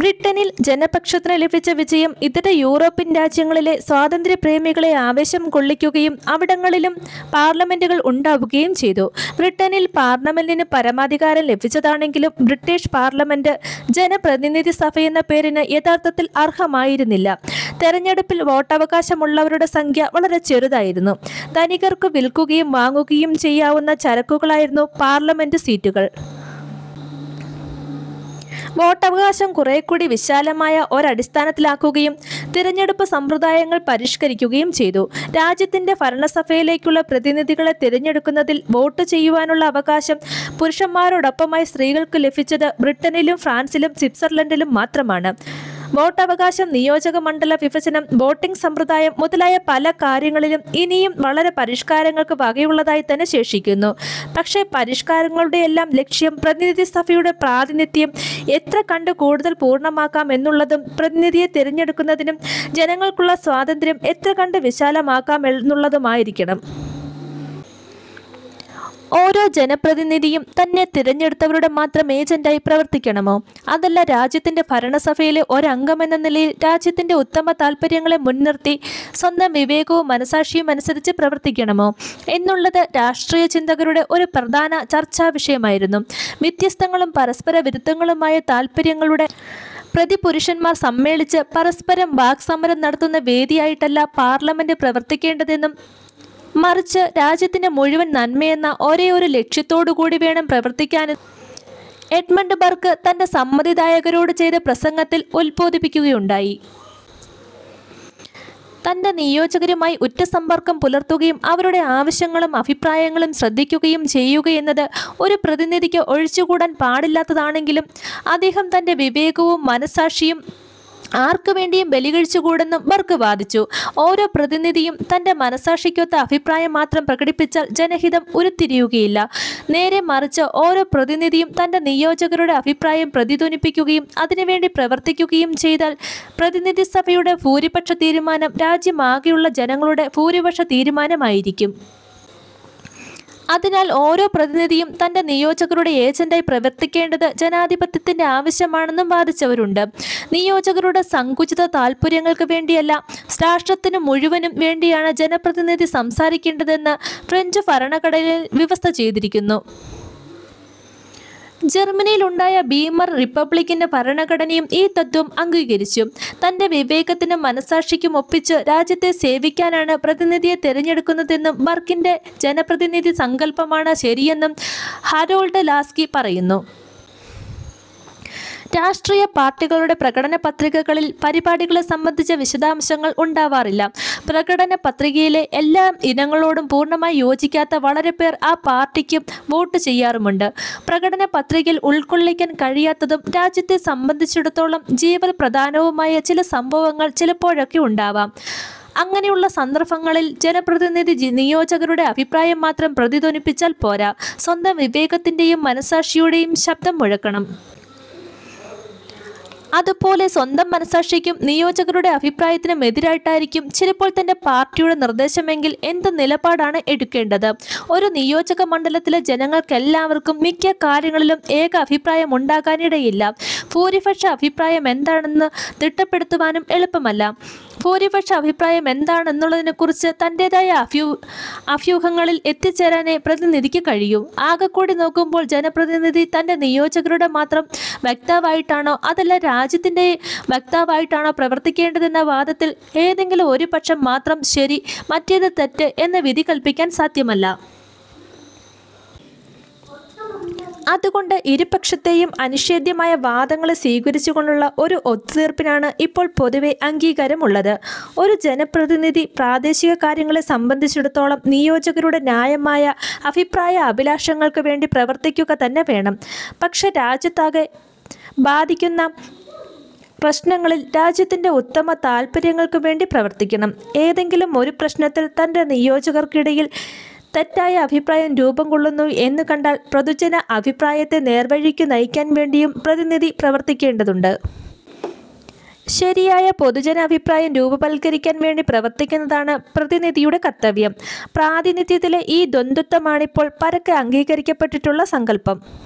ബ്രിട്ടനിൽ ജനപക്ഷത്തിനു ലഭിച്ച വിജയം ഇതര യൂറോപ്യൻ രാജ്യങ്ങളിലെ സ്വാതന്ത്ര്യപ്രേമികളെ ആവേശംകൊള്ളിക്കുകയും അവിടങ്ങളിലും പാർലമെന്റുകൾ ഉണ്ടാവുകയും ചെയ്തു. ബ്രിട്ടനിൽ പാർലമെന്റിനു പരമാധികാരം ലഭിച്ചതാണെങ്കിലും ബ്രിട്ടീഷ് പാർലമെന്റ് ജനപ്രതിനിധിസഭയെന്ന പേരിനു യഥാർത്ഥത്തിൽ അർഹമായിരുന്നില്ല. തെരഞ്ഞെടുപ്പിൽ വോട്ടവകാശമുള്ളവരുടെ സംഖ്യ വളരെ ചെറുതായിരുന്നു. ധനികർക്കു വിൽക്കുകയും വാങ്ങുകയും ചെയ്യാവുന്ന ചരക്കുകളായിരുന്നു പാർലമെന്റു സീറ്റുകൾ. വോട്ടവകാശം കുറേക്കൂടി വിശാലമായ ഒരടിസ്ഥാനത്തിലാക്കുകയും തെരഞ്ഞെടുപ്പുസമ്പ്രദായങ്ങൾ പരിഷ്കരിക്കുകയും ചെയ്തു. രാജ്യത്തിന്റെ ഭരണസഭയിലേക്കുള്ള പ്രതിനിധികളെ തെരഞ്ഞെടുക്കുന്നതിൽ വോട്ടുചെയ്യുവാനുള്ള അവകാശം പുരുഷന്മാരോടൊപ്പമായി സ്ത്രീകൾക്കു ലഭിച്ചത്, ബ്രിട്ടനിലും, ഫ്രാൻസിലും, സ്വിറ്റ്സർലണ്ടിലും മാത്രമാണു. വോട്ടവകാശം, നിയോജകമണ്ഡലവിഭജനം, വോട്ടിങ്ങ് സമ്പ്രദായം മുതലായ പലകാര്യങ്ങളും ഇനിയും വളരെ പരിഷ്കാരങ്ങൾക്കു വകയുള്ളതായിത്തന്നെ ശേഷിക്കുന്നു. പക്ഷെ, പരിഷ്കാരങ്ങളുടെയെല്ലാം ലക്ഷ്യം പ്രതിനിധിസഭയുടെ പ്രാതിനിധ്യം എത്രകണ്ടു കൂടുതൽ പൂർണ്ണമാക്കാമെന്നുള്ളതും പ്രതിനിധിയെ തെരഞ്ഞെടുക്കുന്നതിനു ജനങ്ങൾക്കുള്ള സ്വാതന്ത്ര്യം എത്രകണ്ടു വിശാലമാക്കാമെന്നുള്ളതുമായിരിക്കണം. ഓരോ ജനപ്രതിനിധിയും, തന്നെ തെരഞ്ഞെടുത്തവരുടെ മാത്രം ഏജന്റായി പ്രവർത്തിക്കണമോ, അതല്ല രാജ്യത്തിന്റെ ഭരണസഭയിലെ ഒരംഗം എന്ന നിലയിൽ രാജ്യത്തിന്റെ ഉത്തമതാല്പര്യങ്ങളെ മുൻ നിർത്തി സ്വന്തം വിവേകവും മനസാക്ഷിയുമനുസരിച്ച് പ്രവർത്തിക്കണമോ എന്നുള്ളത് രാഷ്ട്രീയ ചിന്തകരുടെ ഒരു പ്രധാന ചർച്ചാവിഷയമായിരുന്നു. വ്യത്യസ്തങ്ങളും പരസ്പരവിരുദ്ധങ്ങളുമായ താൽപര്യങ്ങളുടെ പ്രതിപുരുഷന്മാർ സമ്മേളിച്ചു പരസ്പരം വാക് സമരം നടത്തുന്ന വേദിയായിട്ടല്ല പാർലമെന്റ് പ്രവർത്തിക്കേണ്ടതെന്നും മറിച്ച് രാജ്യത്തിന്റെ മുഴുവൻ നന്മയെന്ന ഒരേ ഒരു ലക്ഷ്യത്തോടുകൂടിവേണം പ്രവർത്തിക്കാനെന്നും എഡ്മണ്ട് ബർക്ക് തന്റെ സമ്മതിദായകരോടു ചെയ്ത പ്രസംഗത്തിൽ ഉൽബോധിപ്പിക്കുകയുണ്ടായി. തന്റെ നിയോജകരുമായി ഉറ്റസമ്പർക്കം പുലർത്തുകയും അവരുടെ ആവശ്യങ്ങളും അഭിപ്രായങ്ങളും ശ്രദ്ധിക്കുകയും ചെയ്യുകയെന്നത് ഒരു പ്രതിനിധിക്ക് ഒഴിച്ചുകൂടാൻ പാടില്ലാത്തതാണെങ്കിലും അദ്ദേഹം തന്റെ വിവേകവും മനസാക്ഷിയും ആർക്കുവേണ്ടിയും ബലികഴിച്ചുകൂടെന്നും ബർക്ക് വാദിച്ചു. ഓരോ പ്രതിനിധിയും തന്റെ മനസാക്ഷിക്കൊത്ത അഭിപ്രായം മാത്രം പ്രകടിപ്പിച്ചാൽ ജനഹിതം ഉരുത്തിരിയുകയില്ല; നേരെമറിച്ച് ഓരോ പ്രതിനിധിയും തന്റെ നിയോജകരുടെ അഭിപ്രായം പ്രതിധ്വനിപ്പിക്കുകയും അതിനുവേണ്ടി പ്രവർത്തിക്കുകയും ചെയ്താൽ പ്രതിനിധിസഭയുടെ ഭൂരിപക്ഷതീരുമാനം രാജ്യമാകെയുള്ള ജനങ്ങളുടെ ഭൂരിപക്ഷതീരുമാനമായിരിക്കും. അതിനാൽ ഓരോ പ്രതിനിധിയും തന്റെ നിയോജകരുടെ ഏജന്റായി പ്രവർത്തിക്കേണ്ടത് ജനാധിപത്യത്തിന്റെ ആവശ്യമാണെന്നും വാദിച്ചവരുണ്ട്. നിയോജകരുടെ സങ്കുചിതതാല്പര്യങ്ങൾക്കു വേണ്ടിയല്ല, രാഷ്ട്രത്തിനു മുഴുവനും വേണ്ടിയാണു ജനപ്രതിനിധി സംസാരിക്കേണ്ടതെന്ന് ഫ്രഞ്ചുഭരണഘടനയിൽ വ്യവസ്ഥചെയ്തിരുന്നു. ജർമ്മനിയിലുണ്ടായ വീമർ റിപ്പബ്ലിക്കിന്റെ ഭരണഘടനയും ഈ തത്ത്വം അംഗീകരിച്ചു. തന്റെ വിവേകത്തിനും മനസാക്ഷിക്കുമൊപ്പിച്ചു രാജ്യത്തെ സേവിക്കാനാണു പ്രതിനിധിയെ തെരഞ്ഞെടുക്കുന്നതെന്നും, ബർക്കിന്റെ ജനപ്രാതിനിധ്യസങ്കല്പമാണു ശരിയെന്നും ഹാരോൾഡ് ലാസ്കി പറയുന്നു. രാഷ്ട്രീയ പാർട്ടികളുടെ പ്രകടനപത്രികകളിൽ പരിപാടികളെ സംബന്ധിച്ച വിശദാംശങ്ങൾ ഉണ്ടാവാറില്ല. പ്രകടനപത്രികയിലെ എല്ലാ ഇനങ്ങളോടും പൂർണ്ണമായി യോജിക്കാത്ത വളരെപ്പേർ ആ പാർട്ടിക്ക് വോട്ടു ചെയ്യാറുമുണ്ട്. പ്രകടനപത്രികയിൽ ഉൾക്കൊള്ളിക്കാൻ കഴിയാത്തതും, രാജ്യത്തെ സംബന്ധിച്ചിടത്തോളം ജീവൽ പ്രധാനവുമായ ചില സംഭവങ്ങൾ ചിലപ്പോഴുണ്ടാവാം. അങ്ങനെയുള്ള സന്ദർഭങ്ങളിൽ ജനപ്രതിനിധി നിയോജകരുടെ അഭിപ്രായം മാത്രം പ്രതിധ്വനിപ്പിച്ചാൽ പോരാ, സ്വന്തം വിവേകത്തിന്റേയും മനസാക്ഷിയുടെയും ശബ്ദം മുഴക്കണം. അതുപോലെ സ്വന്തം മനസാക്ഷിക്കും, നിയോജകരുടെ അഭിപ്രായത്തിനും എതിരായിട്ടായിരിക്കും ചിലപ്പോൾ തന്റെ പാർട്ടിയുടെ നിർദ്ദേശമെങ്കിൽ എന്തു നിലപാടാണു എടുക്കേണ്ടത്? ഒരു നിയോജകമണ്ഡലത്തിലെ ജനങ്ങൾക്കെല്ലാവർക്കും മിക്ക കാര്യങ്ങളിലും ഏകാഭിപ്രായമുണ്ടാകാനിടയില്ല. ഭൂരിപക്ഷാഭിപ്രായം എന്താണെന്നു തിട്ടപ്പെടുത്തുവാനും എളുപ്പമല്ല. ഭൂരിപക്ഷാഭിപ്രായം എന്താണെന്നുള്ളതിനെക്കുറിച്ച് തന്റേതായ അഭ്യൂഹങ്ങളിൽ എത്തിച്ചേരാനേ പ്രതിനിധിക്കു കഴിയൂ. ആകെക്കൂടി നോക്കുമ്പോൾ, ജനപ്രതിനിധി തന്റേ നിയോജകരുടെ മാത്രം വക്താവായിട്ടാണോ, അതല്ല രാജ്യത്തിന്റേ വക്താവായിട്ടാണോ പ്രവർത്തിക്കേണ്ടതെന്ന വാദത്തിൽ ഏതെങ്കിലും ഒരുപക്ഷം മാത്രം ശരി, മറ്റേതു തെറ്റ് എന്നു വിധികല്പിക്കാൻ സാദ്ധ്യമല്ല. അതുകൊണ്ട് ഇരുപക്ഷത്തേയും അനിഷേദ്ധ്യമായ വാദങ്ങളെ സ്വീകരിച്ചുകൊണ്ടുള്ള ഒരു ഒത്തുതീർപ്പിനാണു ഇപ്പോൾ പൊതുവേ അംഗീകാരമുള്ളത്. ഒരു ജനപ്രതിനിധി പ്രാദേശികകാര്യങ്ങളെ സംബന്ധിച്ചിടത്തോളം നിയോജകരുടെ ന്യായമായ അഭിപ്രായാഭിലാഷങ്ങൾക്കുവേണ്ടി പ്രവർത്തിക്കുകതന്നെ വേണം; പക്ഷേ രാജ്യത്തെയാകെ ബാധിക്കുന്ന പ്രശ്നങ്ങളിൽ രാജ്യത്തിന്റെ ഉത്തമതാല്പര്യങ്ങൾക്കു വേണ്ടി പ്രവർത്തിക്കണം. ഏതെങ്കിലും ഒരു പ്രശ്നത്തിൽ തന്റെ നിയോജകരുടെയിടയിൽ തെറ്റായ അഭിപ്രായം രൂപംകൊള്ളുന്നു എന്നു കണ്ടാൽ പൊതുജനാഭിപ്രായത്തെ നേർവഴിക്കു നയിക്കാൻ വേണ്ടിയും പ്രതിനിധി പ്രവർത്തിക്കേണ്ടതുണ്ട്. ശരിയായ പൊതുജനാഭിപ്രായം രൂപവൽക്കരിക്കാൻ വേണ്ടി പ്രവർത്തിക്കുന്നതാണു പ്രതിനിധിയുടെ കർത്തവ്യം. പ്രാതിനിധ്യത്തിലെ ഈ ദ്വന്ദ്വത്വമാണിപ്പോൾ പരക്കെ അംഗീകരിക്കപ്പെട്ടിട്ടുള്ള സങ്കല്പം.